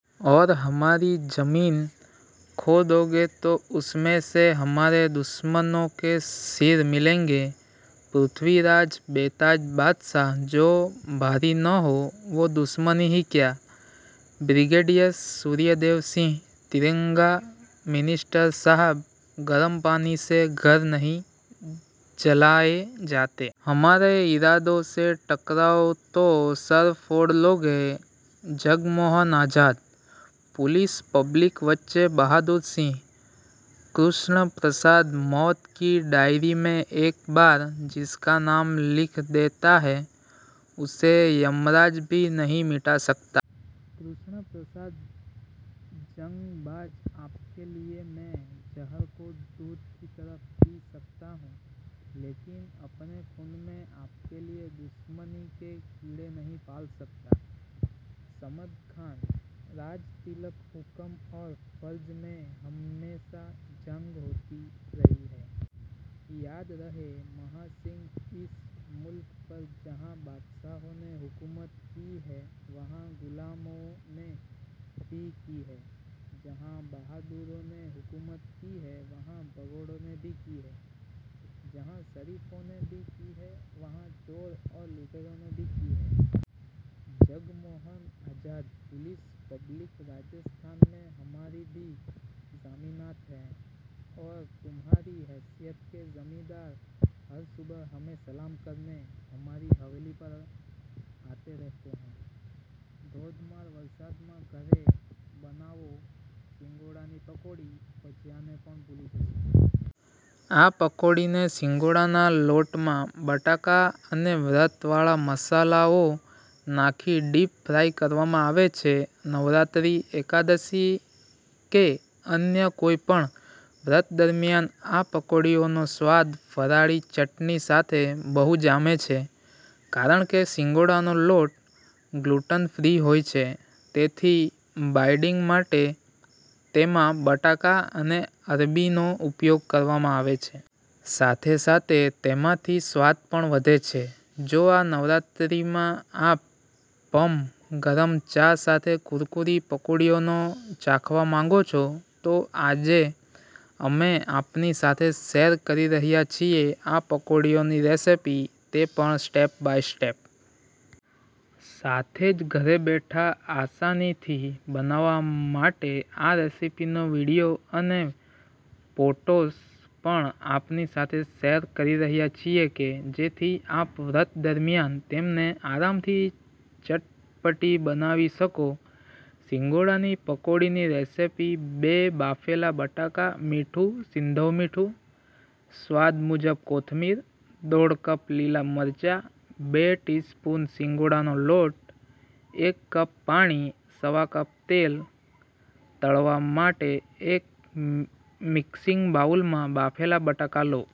ઔર હમારી ઝમીન ખોદોગે તો ઉસમેં સે હમારે દુશ્મનો કે સિર મિલેંગે. પૃથ્વીરાજ, બેતાજ બાદશાહ જો ભારી ન હો, વો દુશ્મની હી ક્યા. બ્રિગેડિયસ સૂર્યદેવસિંહ, તિરંગા મિનિસ્ટર સાહબ, ગરમ પાની સે ઘર નહીં જલાએ જાતે. હમારે ઇરાદો સે ટકરાઓગે તો સર ફોડ લોગે. જગમોહન આઝાદ, પુલિસ પબ્લિક બચ્ચે બહાદુર સિંહ, કૃષ્ણ પ્રસાદ મૌત કી ડાયરી મેં એક બાર જિસકા નામ લિખ દેતા હૈ, ઉસે યમરાજ ભી નહીં મિટા સકતા. કૃષ્ણ પ્રસાદ, જંગ બાઝ આપકે લિએ મેં ઝહર કો દૂધ કી તરહ પી સકતા હૂં, લેકિન અપને ખૂન મેં આપકે લિએ દુશ્મની કે કીડે નહીં પાલ સકતા. સમદ ખાન, રાજ તિલક હુકમ ઔર ફર્ઝ મેં હમેશા જંગ હોતી રહી હૈ. યાદ રહે મહા સિંહ, ઇસ મુલ્ક પર જહાં બાદશાહોને હુકુમત કી હૈ વહાં ગુલામોને ભી કી હૈ. જહાં બહદુરોને હુકુમત કી હૈ વહાં ભગૌડોને ભી કી હૈ. જહાં શરીફો ને ભી કી હૈ વહાં ચોર ઔર લુટેરોને ભી કી હૈ. જગમોહન આઝાદ, પુલિસ પબ્લિક રાજસ્થાન મેં હમારી ભી ઝમીનાત હૈ ઔર તુમ્હારી હૈસિયત કે ઝમીનદાર હર સુબહ હમે સલામ કરને, હમારી હવેલી પર આતે રહેતે હૈ. ધોધમાર વરસાદમાં ઘરે બનાવો સિંગોડાની પકોડી. ભજીયાને પણ ભૂલી જશો. આ પકોડીઓને સિંગોડાનાં લોટમાં બટાકા અને વ્રત વાળા મસાલાઓ નાંખી ડીપ ફ્રાય કરવામાં આવે છે. નવરાત્રિ, એકાદશી કે અન્ય કોઈ પણ વ્રત દરમિયાન આ પકોડીઓનો સ્વાદ ફરાળી ચટણી સાથે બહુ જામે છે. કારણ કે સિંગોડાનો લોટ ગ્લૂટન ફ્રી હોય છે, તેથી બાઇડિંગ માટે તેમાં બટાકા અને અરબી નો ઉપયોગ કરવામાં આવે છે. સાથે-સાથે તેમનાંથી સ્વાદ પણ વધે છે. જો આ નવરાત્રિમાં આપ પમ ગરમ ચા સાથે કુરકુરી પકોડીઓને ચાખવા માંગો છો, તો આજે અમે આપની સાથે શૅર કરી રહ્યા છીએ આ પકોડીઓની રેસિપી, તે પણ સ્ટેપ બાય સ્ટેપ. સાથે જ ઘેર બેઠા આસાનીથી બનાવવા માટે આ રેસિપીનો વીડિયો અને પોટોસ પણ આપની સાથે શૅર કરી રહ્યા છીએ કે જેથી આપ વ્રત દરમિયાન તેમને આરામથી ચપટીમાં બનાવી શકો. સિંગોડાની પકોડીની રેસિપી બે બાફેલા બટાકા, મીઠું – સિંધવ મીઠું, સ્વાદ મુજબ કોથમીર – દોઢ કપ લીલા મરચા, બે ટી સ્પૂન સિંગોડાનો લોટ, એક કપ પાણી, સવા કપ તેલ, તળવા માટે એક મિક્સિંગ બાઉલમાં બાફેલા બટાકા લો.